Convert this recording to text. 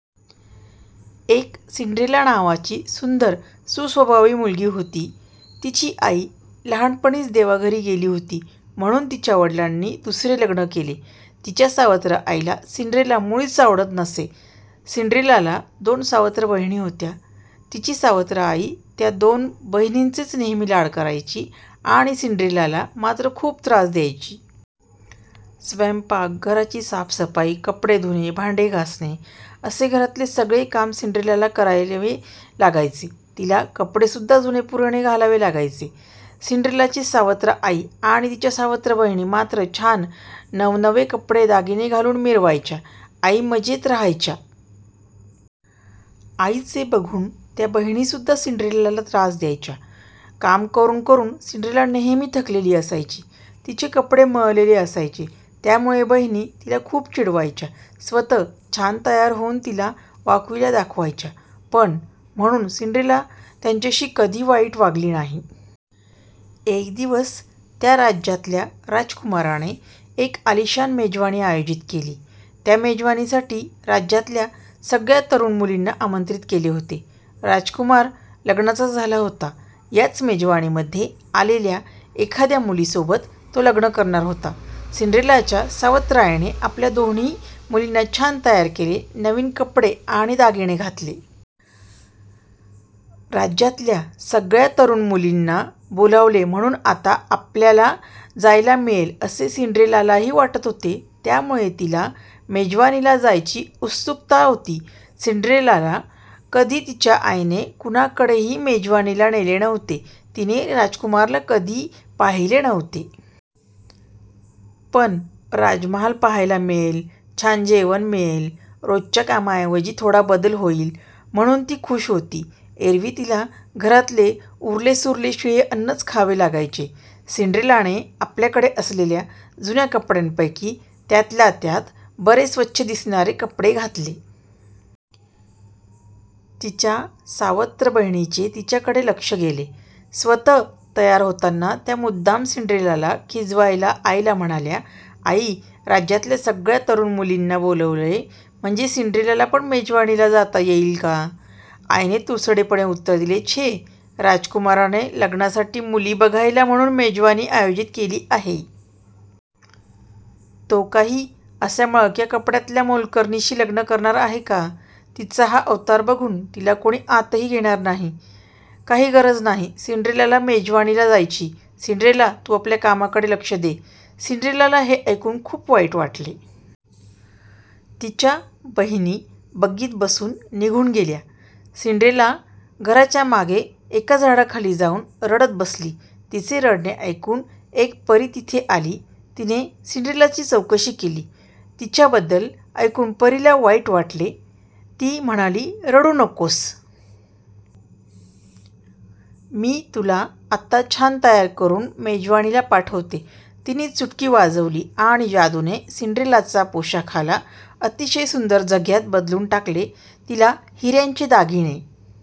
एक सिंड्रेला नावाची सुंदर सुस्वभावी मुलगी होती. तिची आई लहानपणीच देवाघरी गेली होती. म्हणुन तिच्या वडिलांनी दुसरे लग्न केले. तिच्या सावत्र आईला सिंड्रेला मुळीच आवडत नसे. सिंड्रेलाला दोन सावत्र बहिणी होत्या. तिची सावत्र आई त्या दोन बहिणींचेच नेहमी लाड करायची, आणि सिंड्रेलाला मात्र खुप त्रास द्यायची. स्वयंपाक, घराची साफसफाई, कपडे धुणे, भांडे घासणे असे घरातले सगळे काम सिंड्रेलाला करावे लागायचे. तिला कपडे सुद्धा जुनेपुराणे घालावे लागायचे. सिंड्रेलाची सावत्र आई आणि तिच्या सावत्र बहिणी मात्र छान नवनवे कपडे दागिने घालुन मिरवायच्या आई मजेत राहायच्या. आईचे बघुन त्या बहिणीसुद्धा सिंड्रेलाला त्रास द्यायच्या. काम करून करून सिंड्रेला नेहमी थकलेली असायची, तिचे कपडे मळलेले असायचे, त्यामुळे बहिणी तिला खुप चिडवायच्या. स्वतः छान तयार होऊन तिला वाकुल्या दाखवायच्या. पण म्हणुन सिंड्रेला त्यांच्याशी कधी वाईट वागली नाही. एक दिवस त्या राज्यातल्या राजकुमाराने एक आलिशान मेजवानी आयोजित केली. त्या मेजवानीसाठी राज्यातल्या सगळ्या तरुण मुलींना आमंत्रित केले गेले. राजकुमार लग्नाचा झाला होता. याच मेजवानीमध्ये आलेल्या एखाद्या मुलीसोबत तो लग्न करणार होता. सिंड्रेलाच्या सावत्र आईने आपल्या दोन्ही मुलींना छान तयार केले, नवीन कपडे आणि दागिने घातले. राज्यातल्या सगळ्या तरुण मुलींना बोलावले म्हणुन आता आपल्याला जायला मिळेल असे सिंड्रेलालाही वाटत होते. त्यामुळे तिला मेजवानीला जायची उत्सुकता होती. सिंड्रेलाला कधी तिच्या आईने कोणाकडेही मेजवानीला नेले नव्हते. तिने राजकुमाराला कधी पाहिले नव्हते. पण राजमहाल पाहायला मिळेल, छान जेवण मिळेल, रोजच्या कामाऐवजी थोडा बदल होईल म्हणुन ती खुश होती. एरवी तिला घरातले उरलेसुरले शिळे अन्नच खावे लागायचे. सिंड्रेलाने आपल्याकडे असलेल्या जुन्या कपड्यांपैकी त्यातल्या त्यात बरे स्वच्छ दिसणारे कपडे घातले. तिच्या सावत्र बहिणींचे तिच्याकडे लक्ष गेले. स्वतः तयार होताना त्या मुद्दाम सिंड्रेलाला खिजवायला आईला म्हणाल्या. आई, राज्यातल्या सगळ्या तरुण मुलींना बोलावलंय म्हणजे सिंड्रेलाला पण मेजवानीला जाता येईल का? आईने तुसडेपणे उत्तर दिले. छे राजकुमाराने लग्नासाठी मुली बघायला म्हणुन मेजवानी आयोजित केली आहे. तो काही असल्या मळक्या कपड्यातल्या मोलकरणीशी लग्न करणार आहे का? तिचा हा अवतार पाहुन तिला कोणी आतही घेणार नाही. काही गरज नाही सिंड्रेलाला मेजवानीला जायची. सिंड्रेला तु आपल्या कामाकडे लक्ष दे. सिंड्रेलाला हे ऐकुन खुप वाईट वाटले. तिच्या बहिणी बग्गीत बसुन निघुन गेल्या. सिंड्रेला घराच्या मागे एका झाडाखाली जाऊन रडत बसली. तिचे रडणे ऐकुन एक परी तिथे आली. तिने सिंड्रेलाची चौकशी केली. तिच्याबद्दल ऐकुन परीला वाईट वाटले. ती म्हणाली. रडु नकोस. मी तुला आत्ता छान तयार करून मेजवानीला पाठवते. तिने चुटकी वाजवली आणि जादूने सिंड्रेलाचा पोशाखाला अतिशय सुंदर झग्यात बदलुन टाकले, तिला हिऱ्यांचे दागिने